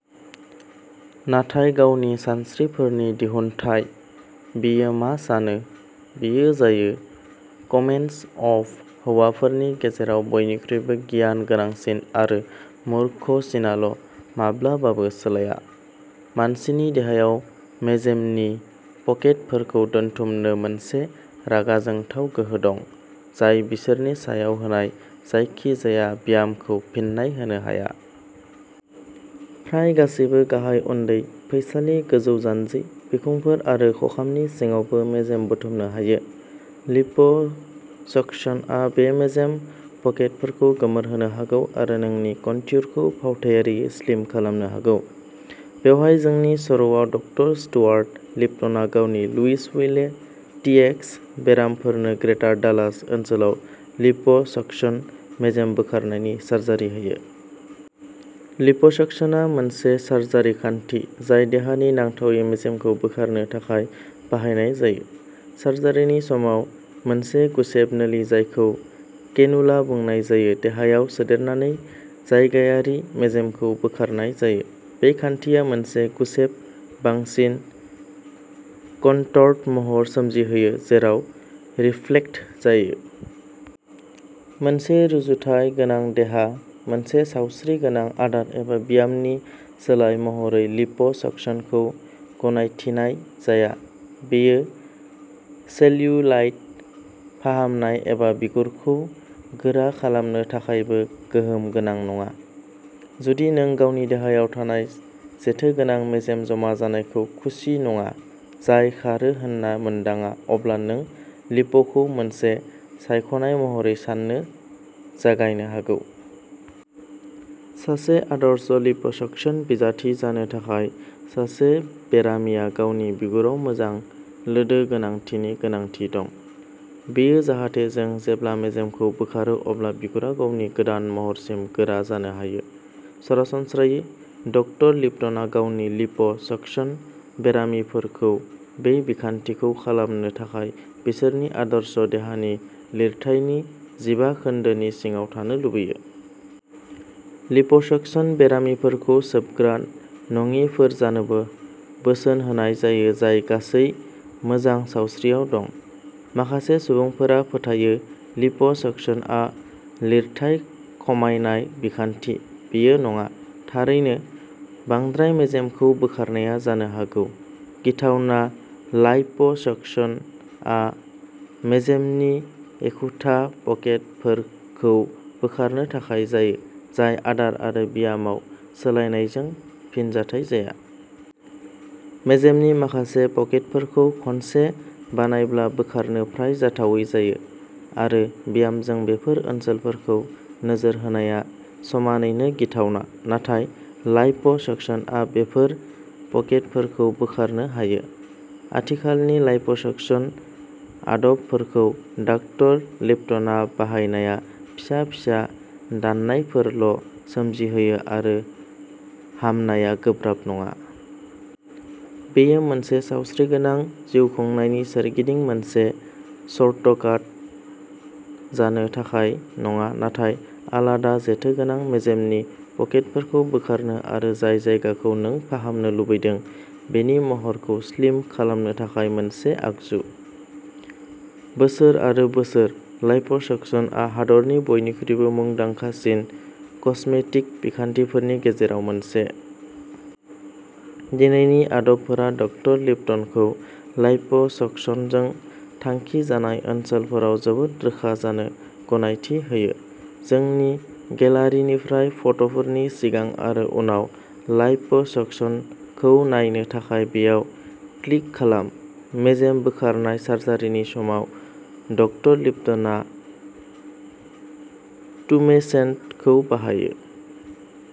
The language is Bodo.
नाथाय गावनि सानस्रिफोरनि दिहुनथाइ। बियो मा सानो, बियो जायो। कमेन्टस अफ हौवाफोरनि गेजेराव बयनिख्रुइबो गियान गोनांसिन आरो मूर्ख सिनाल' माब्लाबाबो सोलाया। मानसिनि देहायाव मेजेमनि पकेटफोरखौ दोनथुमनो मोनसे रागा जोंथाव गोहो दं, जाय बिसोरनि सायाव होनाय जायखिजाया ब्यामखौ फिन्नाय होनो हाया। फ्राय गासैबो गाहाय उदै, फैसालि, गोजौ जानजि, बिखुंफोर आरो खखामनि सिङावबो मेजेम बुथुमनो हायो। लिप'सक्सनआ बे मेजेम पकेटफोरखौ गोमोरहोनो हागौ आरो नोंनि कनट्युरखौ फावथायारियै स्लिम खालामनो हागौ। बेवहाय जोंनि सर'आव, डकटर स्टुआर्ट लिप्टना गावनि लुइसविले, टिएक्स बेरामिफोरनो ग्रेटार डालास ओनसोलाव लिप' सक्सन मेजेम बोखारनायनि सार्जारि होयो। लिप' सक्सनआ मोनसे सार्जारि खान्थि, जाय देहानि नांथावै मेजेमखौ बोखारनो थाखाय बाहायनाय जायो। सार्जारिनि समाव, मोनसे गुसेब नोलि जायखौ केनुला बुंनाय जायो, देहायाव सोदेरनानै जायगायारि मेजेमखौ बोखारनाय जायो। बे खान्थिया मोनसे गुसेब, बांसिन कनटर्ड महर सोमजिहोयो, जेराव रिफ्लेक्ट जायो। मोनसे रुजुथाय गोनां देहा। मोनसे सावस्रिगोनां आदार एबा ब्यामनि सोलाय महरै लिप' सक्सनखौ गनायथिनाय जाया। बेयो सेल्युलाइट फाहामनाय एबा बिगुरखौ गोरा खालामनो थाखायबो गोहोम गोनां नङा। जुदि नों गावनि देहायाव थानाय जेथोगोनां मेजेम जमा जानायजों खुसि नङा, जाय खारो होनना मोनदाङा, अब्ला नों लिप'खौ मोनसे सायख'नाय महरै सान्नो जागायनो हागौ। सासे आदर्श लिप'सक्सन बिजाथि जानो थाखाय, सासे बेरामिया गावनि बिगुराव मोजां लोदो गोनांथिनि गोनांथि दं। बेयो जाहाथे जों जेब्ला मेजेमखौ बोखारो अब्ला बिगुरा गावनि गोदान महरसिम गोरा जानो हायो। सरासनस्रायै, डकटर लिप्टना गावनि लिप' सक्सन बेरामिफोरखौ बे बिखान्थिखौ खालामनो थाखाय बिसोरनि आदर्श देहानि लिरथायनि जिबा जौखोन्दोनि सिङाव थानो लुबैयो। लिप' सक्सन बेरामिफोरखौ सोबग्रा नङिफोर जानोबो बोसोन होनाय जायो जाय गासै मोजां सावस्रियाव दं। माखासे सुबुंफोरा फोथायो लिप' सक्सनआ लिरथाय खमायनाय बिखान्थि। बेयो नङा। थारैनो, बांद्राय मेजेमखौ बोखारनाया जानो हागौ। गिथावना लाइप' सकसनआ मेजेमनि एखुथा पकेटफोरखौ बोखारनो थाखाय जायो, जाय आदार आरो ब्यामाव सोलायनायजों फिनजाथाय जाया। मेजेमनि माखासे पकेटफोरखौ खनसे बानायब्ला बोखारनो फ्राय जाथावै जायो। आरो ब्यामजों बेफोर ओनसोलफोरखौ नोजोर होनाया समानैनो गिथावना। नाथाय लाइप' सकसनआ बेफोर पकेटफोरखौ बोखारनो हायो। आथिखालनि लाइप'सकसन आदबफोरखौ डकटर लिप्टना बाहायनाया फिसा फिसा दाननायफोरल' सोमजिहोयो आरो हामनाया गोब्राब नङा। बेयो मोनसे सावस्रिगोनां जिउखुंनायनि सोरगिदिं मोनसे सर्टकाट जानो थाखाय नङा, नाथाय आलादा, जेथोगोनां मेजेमनि पकेटफोरखौ बोखारनो आरो जाय जायगाखौ नों फाहामनो लुबैदों बेनि महरखौ स्लिम खालामनो थाखाय मोनसे आगजु। बोसोर आरो बोसोर, लाइप'सकसनआ हादोरनि बयनिख्रुइबो मुंदांखासिन कस्मेटिक बिखान्थिफोरनि गेजेराव मोनसे। दिनैनि आदबफोरा डकटर लिप्टनखौ लाइप' सकसनजों थांखि लानाय ओनसोलफोराव जोबोद रोखा जानो गनायथि होयो। जोंनि गेलारिनिफ्राय फट'फोरनि सिगां आरो उनाव लाइप'सकसनखौ नायनो थाखाय बेयाव क्लिक खालाम। मेजेम बोखारनाय सार्जारिनि समाव, डकटर लिप्टना टुमेसेन्टखौ बाहायो।